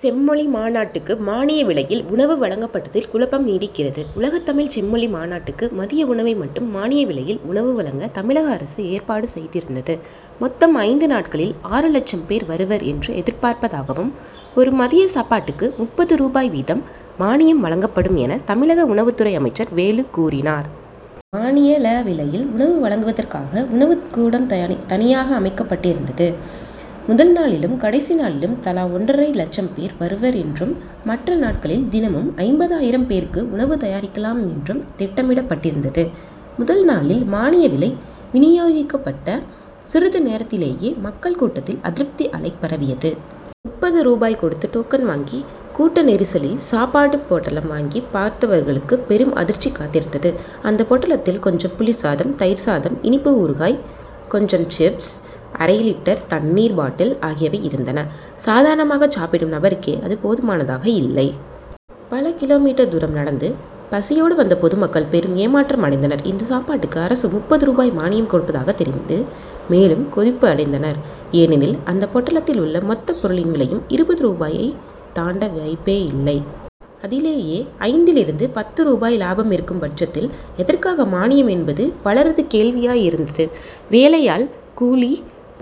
செம்மொழி மாநாட்டுக்கு மானிய விலையில் உணவு வழங்கப்பட்டதில் குழப்பம் நீடிக்கிறது. உலகத்தமிழ்ச் செம்மொழி மாநாடுக்கு, மதிய உணவை மட்டும் மானிய விலையில் உணவு வழங்க, தமிழக அரசு ஏற்பாடு செய்திருந்தது. மொத்தம் ஐந்து நாட்களில் ஆறுலட்சம் பேர் வருவர் என்று எதிர்பார்ப்பதாகவும், ஒரு மதிய சாப்பாடுக்கு முப்பது ரூபாய் வீதம் மானியம் வழங்கப்படும் என தமிழக உணவுத்துறை அமைச்சர் வேலு கூறினார். மானிய லவிலையில் உணவு வழங்குவதற்காக உணவுக்கூடம்தனியாக அமைக்கப்பட்டிருந்தது. முதல் நாளிலும், கடைசி நாளிலும் தலா ஒன்றரை லட்சம் பேர் வருவர் என்றும், மற்ற நாட்களில் தினமும் ஐம்பதாயிரம் பேருக்கு உணவு தயாரிக்கலாம் என்றும் திட்டமிடப்பட்டிருந்தது. முதல் நாளில், மானிய விலை வினியோகிக்கப்பட்ட சிறிது நேரத்திலேயே மக்கள் கூட்டத்தில் அதிருப்தி அலை பரவியது. முப்பது ரூபாய் கொடுத்து டோக்கன் வாங்கி, கூட்ட நெரிசலில் சாப்பாடுப் பொட்டலம் வாங்கிப் பார்த்தவர்களுக்கு பெரும் அதிர்ச்சி காத்திருந்தது. அந்த பொட்டலத்தில், கொஞ்சம் புளிசாதம், தயிர் சாதம், இனிப்பு ஊறுகாய், கொஞ்சம் சிப்ஸ், அரை லிட்டர் தண்ணீர் பாட்டில் ஆகியவை இருந்தன. சாதாரணமாகச் சாப்பிடும் நபருக்கே அது போதுமானதாக இல்லை. பல கி. மீ. தூரம் நடந்து, பசியோடு வந்த பொது மக்கள் பெரும் ஏமாற்றம் அடைந்தனர். இந்த சாப்பாடுக்கு அரசு முப்பது ரூபாய் மானியம் கொடுப்பதாகத் தெரிந்து, மேலும் கொதிப்பு அடைந்தனர். ஏனெனில், அந்த பொட்டலத்தில் உள்ள மொத்தப் பொருளின் விலையும் இருபது ரூபாயைத் தாண்ட வாய்ப்பேயில்லை. அதிலேயே, ஐந்திலிருந்து பத்து ரூபாய் லாபம் இருக்கும் பட்சத்தில், எதற்காக மானியம் என்பது பலரது கேள்வியாயிருந்தது. வேலையாள் கூலி,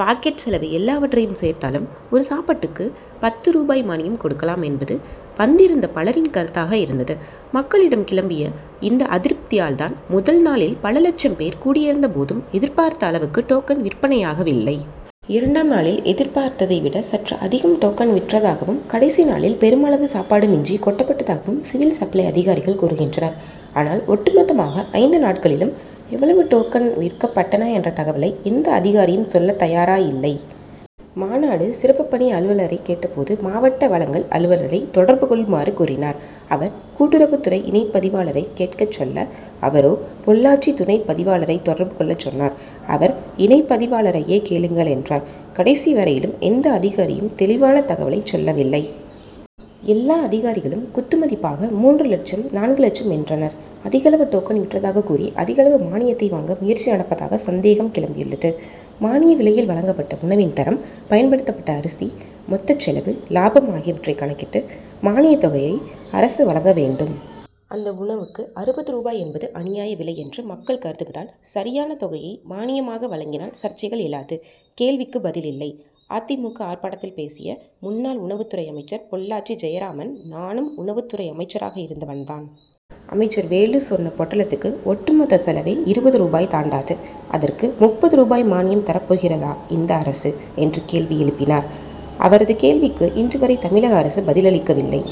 பாக்கெட் செலவு எல்லாவற்றையும் சேர்த்தாலும், ஒரு சாப்பாடுக்கு பத்து ரூபாய் மானியம் கொடுக்கலாம் என்பது வந்திருந்த பலரின் கருத்தாக இருந்தது. மக்களிடம் கிளம்பிய இந்த அதிருப்தியால்தான், முதல் நாளில் பல லட்சம் பேர் கூடியிருந்தபோதும், எதிர்பார்த்த அளவுக்கு டோக்கன் விற்பனையாகவில்லை. இரண்டாம் நாளில் எதிர் பார்த்ததை விட சற்று அதிகம் டோக்கன் விற்றதாகவும், கடைசி நாளில் பெருமளவு சாப்பாடு மிஞ்சி, கொட்டப்பட்டதாகவும் சிவில் சப்ளை அதிகாரிகள் கூறுகின்றனர். ஆனால், ஒட்டு மொத்தமாக ஐந்து நாட்களிலும் எவ்வளவு டோக்கன் விற்கப்பட்டன என்ற தகவலை எந்த அதிகாரியும் சொல்லத் தயாராயில்லை. மாநாடு சிறப்புப் பணி அலுவலரைக் கேட்டபோது, மாவட்ட வழங்கல் அலுவலரை தொடர்பு கொள்ளுமாறு கூறினார். அவர், கூட்டுறவுத்துறை இணைப்பதிவாளரை கேட்கச் சொல்ல, அவரோ, பொள்ளாச்சி துணைப் பதிவாளரை தொடர்பு கொள்ளச் சொன்னார். அவர், இணைப்பதிவாளரையே கேளுங்கள் என்றார். கடைசி வரையிலும் எந்த அதிகாரியும் தெளிவான தகவலைச் சொல்லவில்லை. எல்லா அதிகாரிகளும் குத்து மதிப்பாக மூன்று லட்சம், நான்கு லட்சம் என்றனர். அதிகளவு டோக்கன் விற்றதாகக் கூறி, அதிகளவு மானியத்தை வாங்க முயற்சி நடப்பதாக சந்தேகம் கிளம்பியுள்ளது. மானிய விலையில் வழங்கப்பட்ட உணவின் தரம், பயன்படுத்தப்பட்ட அரிசி, மொத்தச் செலவு, லாபம் ஆகியவற்றைக் கணக்கிட்டு, மானியத் தொகையை அரசு வழங்க வேண்டும். அந்த உணவுக்கு அறுபது ரூபாய் என்பது அநியாய விலை என்று மக்கள் கருதுவதால், சரியான தொகையை மானியமாக வழங்கினால் சர்ச்சைகள் எழாது. கேள்விக்கு பதில் இல்லை: அ. தி. மு. க., ஆர்ப்பாட்டத்தில் பேசிய முன்னாள் உணவுத்துறை அமைச்சர் பொள்ளாச்சி ஜெயராமன், "நானும் உணவுத்துறை அமைச்சராக இருந்தவன் தான். அமைச்சர் வேலு சொன்ன பொட்டலத்துக்கு ஒட்டு மொத்தச் செலவே இருபது ரூபாய் தாண்டாது; அதற்கு முப்பது ரூபாய் மானியம் தரப்போகிறதா இந்த அரசு? ' என்று கேள்வி எழுப்பினார். அவரது கேள்விக்கு இன்று வரை தமிழக அரசு பதிலளிக்கவில்லை.